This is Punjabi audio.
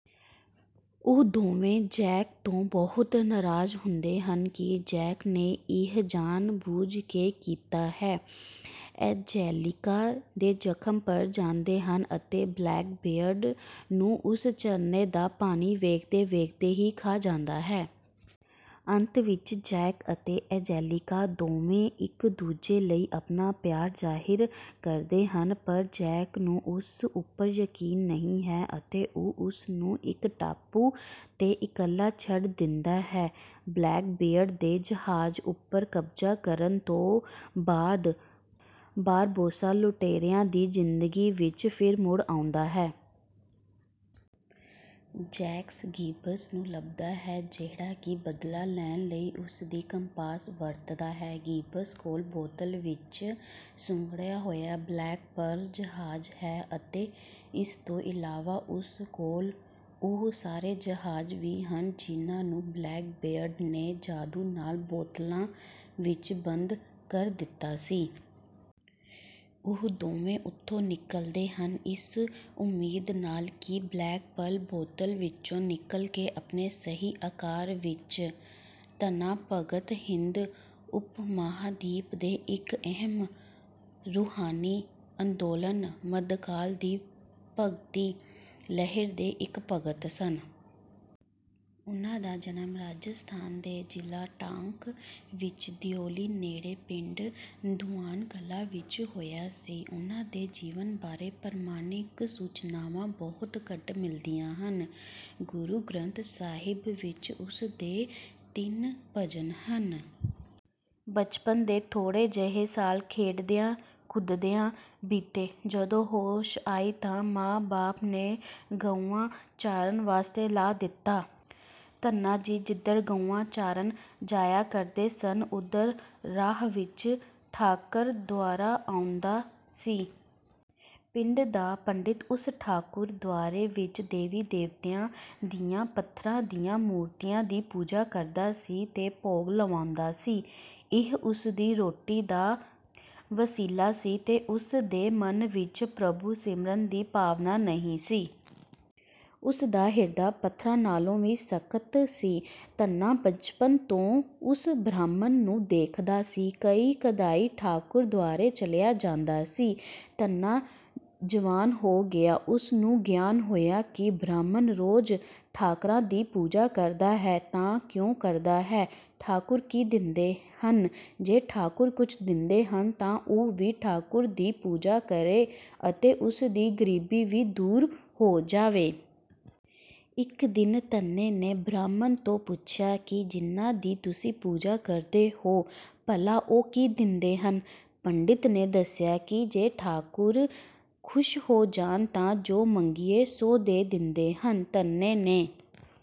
ਉਹ ਦੋਵੇਂ ਜੈਕ ਤੋਂ ਬਹੁਤ ਨਰਾਜ਼ ਹੁੰਦੇ ਹਨ ਕਿ ਜੈਕ ਨੇ ਇਹ ਜਾਣ-ਬੁੱਝ ਕੇ ਕੀਤਾ ਹੈ। ਐਂਜੇਲੀਕਾ ਦੇ ਜ਼ਖ਼ਮ ਭਰ ਜਾਂਦੇ ਹਨ ਅਤੇ ਬਲੈਕਬੀਅਰਡ ਨੂੰ ਉਸ ਝਰਨੇ ਦਾ ਪਾਣੀ ਵੇਖਦੇ-ਵੇਖਦੇ ਹੀ ਖਾ ਜਾਂਦਾ ਹੈ। ਅੰਤ ਵਿੱਚ ਜੈਕ ਅਤੇ ਐਂਜੇਲੀਕਾ ਦੋਵੇਂ ਇੱਕ ਦੂਜੇ ਲਈ ਆਪਣਾ ਪਿਆਰ ਜ਼ਾਹਿਰ ਕਰਦੇ ਹਨ ਪਰ ਜੈਕ ਨੂੰ ਉਸ ਉੱਪਰ ਯਕੀਨ ਨਹੀਂ ਹੈ ਅਤੇ ਉਹ ਉਸਨੂੰ ਇੱਕ ਟਾਪੂ ਤੇ ਇਕੱਲਾ ਛੱਡ ਦਿੰਦਾ ਹੈ। ਬਲੈਕਬੀਅਰਡ ਦੇ ਜਹਾਜ਼ ਉੱਪਰ ਕਬਜ਼ਾ ਕਰਨ ਤੋਂ ਬਾਅਦ ਬਾਰਬੋਸਾ ਲੁਟੇਰਿਆਂ ਦੀ ਜ਼ਿੰਦਗੀ ਵਿੱਚ ਫਿਰ ਮੁੜ ਆਉਂਦਾ ਹੈ। ਜੈਕ ਗਿੱਬਸ ਨੂੰ ਲੱਭਦਾ ਹੈ, ਜਿਹੜਾ ਕਿ ਬਦਲਾ ਲੈਣ ਲਈ ਉਸਦੀ ਕੰਪਾਸ ਵਰਤਦਾ ਹੈ। ਗਿੱਬਸ ਕੋਲ ਬੋਤਲ ਵਿੱਚ ਸੁੰਗੜਿਆ ਹੋਇਆ ਬਲੈਕ ਪਰਲ ਜਹਾਜ਼ ਹੈ ਅਤੇ ਇਸ ਤੋਂ ਇਲਾਵਾ ਉਸ ਕੋਲ ਉਹ ਸਾਰੇ ਜਹਾਜ਼ ਵੀ ਹਨ ਜਿਹਨਾਂ ਨੂੰ ਬਲੈਕਬੀਅਰਡ ਨੇ ਜਾਦੂ ਨਾਲ ਬੋਤਲਾਂ ਵਿੱਚ ਬੰਦ ਕਰ ਦਿੱਤਾ ਸੀ। ਉਹ ਦੋਵੇਂ ਉੱਥੋਂ ਨਿਕਲਦੇ ਹਨ, ਇਸ ਉਮੀਦ ਨਾਲ ਕਿ ਬਲੈਕ ਪਰਲ ਬੋਤਲ ਵਿੱਚੋਂ ਨਿਕਲ ਕੇ ਆਪਣੇ ਸਹੀ ਆਕਾਰ ਵਿੱਚ। ਧੰਨਾ ਭਗਤ ਹਿੰਦ ਉਪਮਹਾਦੀਪ ਦੇ ਇੱਕ ਅਹਿਮ ਰੂਹਾਨੀ ਅੰਦੋਲਨ ਮਧਕਾਲ ਦੀ ਭਗਤੀ ਲਹਿਰ ਦੇ ਇੱਕ ਭਗਤ ਸਨ। ਉਨ੍ਹਾਂ ਦਾ ਜਨਮ ਰਾਜਸਥਾਨ ਦੇ ਜਿਲਾ ਟਾਂਕ ਵਿੱਚ ਦਿਓਲੀ ਨੇੜੇ ਪਿੰਡ ਧੂਆਨ ਕਲਾਂ ਵਿੱਚ ਹੋਇਆ ਸੀ। ਉਨ੍ਹਾਂ ਦੇ ਜੀਵਨ ਬਾਰੇ ਪ੍ਰਮਾਣਿਕ ਸੂਚਨਾਵਾਂ ਬਹੁਤ ਘੱਟ ਮਿਲਦੀਆਂ ਹਨ। ਗੁਰੂ ਗ੍ਰੰਥ ਸਾਹਿਬ ਵਿੱਚ ਉਸਦੇ ਤਿੰਨ ਭਜਨ ਹਨ। ਬਚਪਨ ਦੇ ਥੋੜੇ ਜਿਹੇ ਸਾਲ ਖੇਡਦਿਆਂ ਕੁਦਦਿਆਂ ਬੀਤੇ। ਜਦੋਂ ਹੋਸ਼ ਆਈ ਤਾਂ ਮਾ-ਬਾਪ ਨੇ ਗਊਆਂ ਚਾਰਨ ਵਾਸਤੇ ਲਾ ਦਿੱਤਾ। ਧੰਨਾ ਜੀ ਜਿੱਧਰ ਗਊਆਂ ਚਾਰਨ ਜਾਇਆ ਕਰਦੇ ਸਨ ਉਧਰ ਰਾਹ ਵਿੱਚ ਠਾਕਰ ਦੁਆਰਾ ਆਉਂਦਾ ਸੀ। ਪਿੰਡ ਦਾ ਪੰਡਤ ਉਸ ਠਾਕੁਰ ਦੁਆਰੇ ਵਿੱਚ ਦੇਵੀ-ਦੇਵਤਿਆਂ ਦੀਆਂ ਪੱਥਰ ਦੀਆਂ ਮੂਰਤੀਆਂ ਦੀ ਪੂਜਾ ਕਰਦਾ ਸੀ ਤੇ ਭੋਗ ਲਵਾਉਂਦਾ ਸੀ। ਇਹ ਉਸਦੀ ਰੋਟੀ ਦਾ ਵਸੀਲਾ ਸੀ ਤੇ ਉਸ ਦੇ ਮਨ ਵਿੱਚ ਪ੍ਰਭੂ ਸਿਮਰਨ ਦੀ ਭਾਵਨਾ ਨਹੀਂ ਸੀ। ਉਸ ਦਾ ਹਿਰਦਾ ਪੱਥਰਾ ਨਾਲੋਂ ਵੀ ਸਖਤ ਸੀ। ਧੰਨਾ ਬਚਪਨ ਤੋਂ ਓਸ ਬ੍ਰਾਹਮਣ ਨੂੰ ਦੇਖਦਾ ਸੀ, ਕਦੀ ਕਦਾਈਂ ਠਾਕੁਰ ਦੁਆਰੇ ਚਲਿਆ ਜਾਂਦਾ ਸੀ। ਧੰਨਾ ਜਵਾਨ ਹੋ ਗਿਆ ਉਸ ਨੂੰ ਗਿਆਨ ਹੋਇਆ ਕਿ ਬ੍ਰਾਹਮਣ ਰੋਜ਼ ਠਾਕਰਾਂ ਦੀ ਪੂਜਾ ਕਰਦਾ ਹੈ ਤਾਂ ਕਿਉ ਕਰਦਾ ਹੈ, ਠਾਕੁਰ ਕੀ ਦੇਂਦੇ ਹਨ ਜੇ ਠਾਕੁਰ ਕੁੱਝ ਦੇਂਦੇ ਹਨ ਤਾ ਉਹ ਵੀ ਠਾਕੁਰ ਦੀ ਪੂਜਾ ਕਰੇ ਅਤੇ ਉਸ ਦੀ ਗਰੀਬੀ ਵੀ ਦੂਰ ਹੋ ਜਾਵੇ। ਇੱਕ ਦਿਨ ਧੰਨੇ ਨੇ ਬ੍ਰਾਹਮਣ ਤੋਂ ਪੁੱਛਿਆ ਕਿ ਜਿਨ੍ਹਾਂ ਦੀ ਤੁਸੀ ਪੂਜਾ ਕਰਦੇ ਹੋ ਭਲਾ ਉਹ ਕੀ ਦੇਂਦੇ ਹਨ। ਪੰਡਤ ਨੇ ਦੱਸਿਆ ਕਿ ਜੇ ਠਾਕੁਰ ਖੁਸ਼ ਹੋ ਜਾਣ ਤਾ ਜੋ ਮੰਗੀਏ ਸੋ ਦੇ ਦੇਂਦੇ ਹਨ। ਧੰਨੇ ਨੇ...